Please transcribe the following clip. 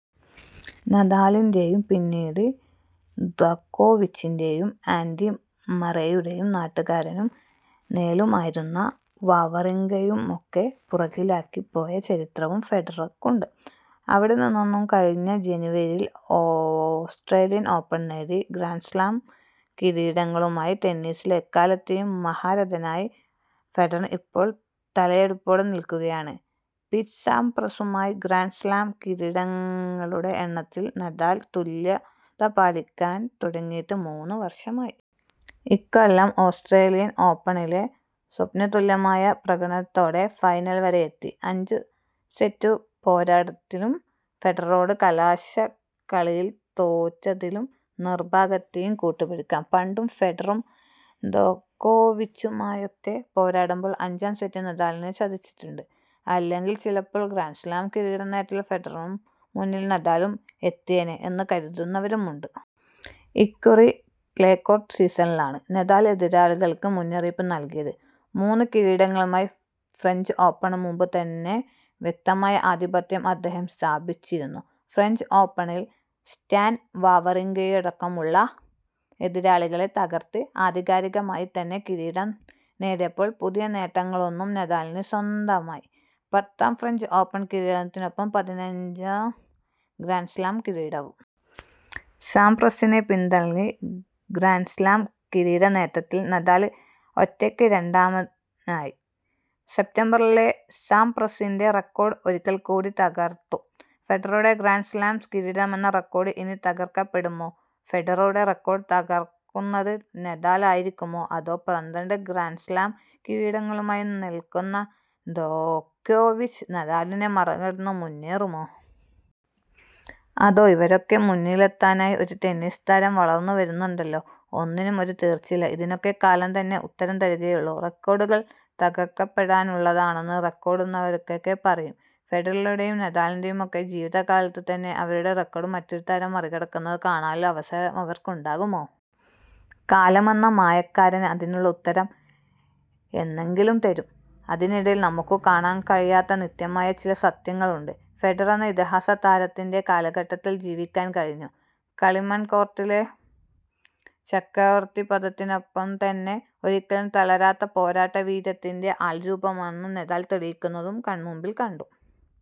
നഡാലിന്റെയും പിന്നീട് ദ്യോകോവിച്ചിന്റെയും ആന്ഡി മറേയുടെയും നാട്ടുകാരനും നിഴലുമായിരുന്ന വാവറിങ്കയുടെയുമൊക്കെ പുറകിലായിപ്പോയ ചരിത്രവും ഫെഡറര്ക്കുണ്ട്. അവിടെ നിന്നും കഴിഞ്ഞ ജനവരിയില് ഓസ്ട്രേലിയന് ഓപ്പണ് നേടി ഗ്രാന്ഡ് സ്ലാം കിരീടങ്ങളുമായി ടെന്നീസിലെ എക്കാലത്തെയും മഹാരഥനായി ഫെഡറര് ഇപ്പോള് തലയെടുപ്പോടെ നില്ക്കുകയാണ്. പീറ്റ് സാംപ്രസുമായി ഗ്രാന്ഡ് സ്ലാം കിരീടങ്ങളുടെ എണ്ണത്തില് നഡാല് തുല്യത പാലിക്കാന് തുടങ്ങിയിട്ട് മൂന്ന് വര്ഷമായി ഇക്കൊല്ലം ഓസ്ട്രേലിയന് ഓപ്പണിലെ സ്വപ്നതുല്യമായ പ്രകടനത്തോടെ ഫൈനല് വരെയെത്തി. അഞ്ചു സെറ്റു പോരാട്ടത്തില് ഫെഡററോട് കലാശക്കളിയില് തോറ്റതില് നിര്ഭാഗ്യത്തെയും കൂട്ടു പിടിക്കാം. പണ്ടും ഫെഡററും ദ്യോകോവിച്ചുമായുമൊക്കെ പോരാടുമ്പോഴും അഞ്ചാം സെറ്റ് നഡാലിനെ ചതിച്ചിട്ടുണ്ട്. അല്ലെങ്കില് ചിലപ്പോള് ഗ്രാന്ഡ് സ്ലാം കിരീട നേട്ടത്തില് ഫെഡറര്ക്കും മുന്നില് നഡാല് എത്തിയേനേ എന്നു കരുതുന്നുവരുമുണ്ട്. ഇക്കുറി ക്ലേ കോര്ട്ട് സീസണിലാണ് നഡാല് എതിരാളികള്ക്ക് മുന്നറിയിപ്പു നല്കിയത്. മൂന്നു കിരീടങ്ങളുമായി ഫ്രഞ്ച് ഓപ്പണു മുമ്പു തന്നെ വ്യക്തമായ ആധിപത്യം അദ്ദേഹം സ്ഥാപിച്ചിരുന്നു. ഫ്രഞ്ച് ഓപ്പണില് സ്റ്റാന് വാവറിങ്കയടക്കമുളള എതിരാളികളെ തകര്ത്ത് ആധികാരികമായി തന്നെ കിരീടം നേടിയപ്പോള് പുതിയ നേട്ടങ്ങളും നഡാലിന് സ്വന്തമായി. പത്താം ഫ്രഞ്ച് ഓപ്പണ് കിരീടത്തിനൊപ്പം പതിനഞ്ചാം ഗ്രാന്ഡ് സ്ലാം കിരീടവും. സാംപ്രസിനെ പിന്തള്ളി ഗ്രാന്ഡ് സ്ലാം കിരീട നേട്ടത്തില് നഡാല് ഒറ്റയ്ക്ക് രണ്ടാമാനായി. സെപ്തംബറിലെ സാംപ്രസിന്റെ റെക്കോഡ് ഒരിക്കല്ക്കൂടി തകര്ത്തു. ഫെഡററുടെ ഗ്രാന്ഡ് സ്ലാം കിരീടമെന്ന റെക്കോഡ് ഇനി തകര്ക്കപ്പെടുമോ. ഫെഡററുടെ റെക്കോഡ് തകര്ക്കുന്നത് നഡാലായിരിക്കുമോ. അതോ പന്ത്രണ്ട് ഗ്രാന്ഡ് സ്ലാം കിരീടങ്ങളുമായി നില്ക്കുന്ന ദ്യോകോവിച്ച് നഡാലിനെ മറികടന്ന് മുന്നേറുമോ. അതോ ഇവര്ക്കൊക്കെ മുന്നിലെത്താനായി ഒരു ടെന്നീസ് താരം വളര്ന്നു വരുന്നുണ്ടല്ലോ. ഒന്നിനും ഒരു തീര്ച്ചയില്ല. ഇതിനൊക്കെ കാലം തന്നെ ഉത്തരം തരുകയേ ഉള്ളൂ. റെക്കോഡുകള് തകര്ക്കപ്പെടാനുള്ളതാണെന്ന് റെക്കോഡിടുന്നവരൊക്കെ പറയും. ഫെഡററുടെയും നഡാലിന്റെയുമൊക്കെ ജീവിത കാലത്ത് തന്നെ അവരുടെ റെക്കോഡ് മറ്റൊരു താരം മറികടക്കുന്നതു കാണാനുള്ള അവസരം അവര്ക്കുണ്ടാകുമോ. കാലമെന്ന മായക്കാരന് അതിനുള്ള ഉത്തരം എന്നെങ്കിലും തരും. അതിനിടയിലും നമുക്കു കാണാന് കഴിയാത്ത നിത്യമായ ചില സത്യങ്ങളുണ്ട്. ഫെഡററെന്ന ഇതിഹാസ താരത്തിന്റെ കാലഘട്ടത്തില് ജീവിക്കാന് കഴിഞ്ഞു. കളിമണ് കോര്ട്ടിലെ ചക്രവര്ത്തി പദത്തിനൊപ്പം തന്നെ ഒരിക്കലും തളരാത്ത പോരാട്ട വീര്യത്തിന്റെ ആൾരൂപമാണെന്ന് നഡാല് തെളിയിക്കുന്നത് കണ്മുമ്പില് കണ്ടു.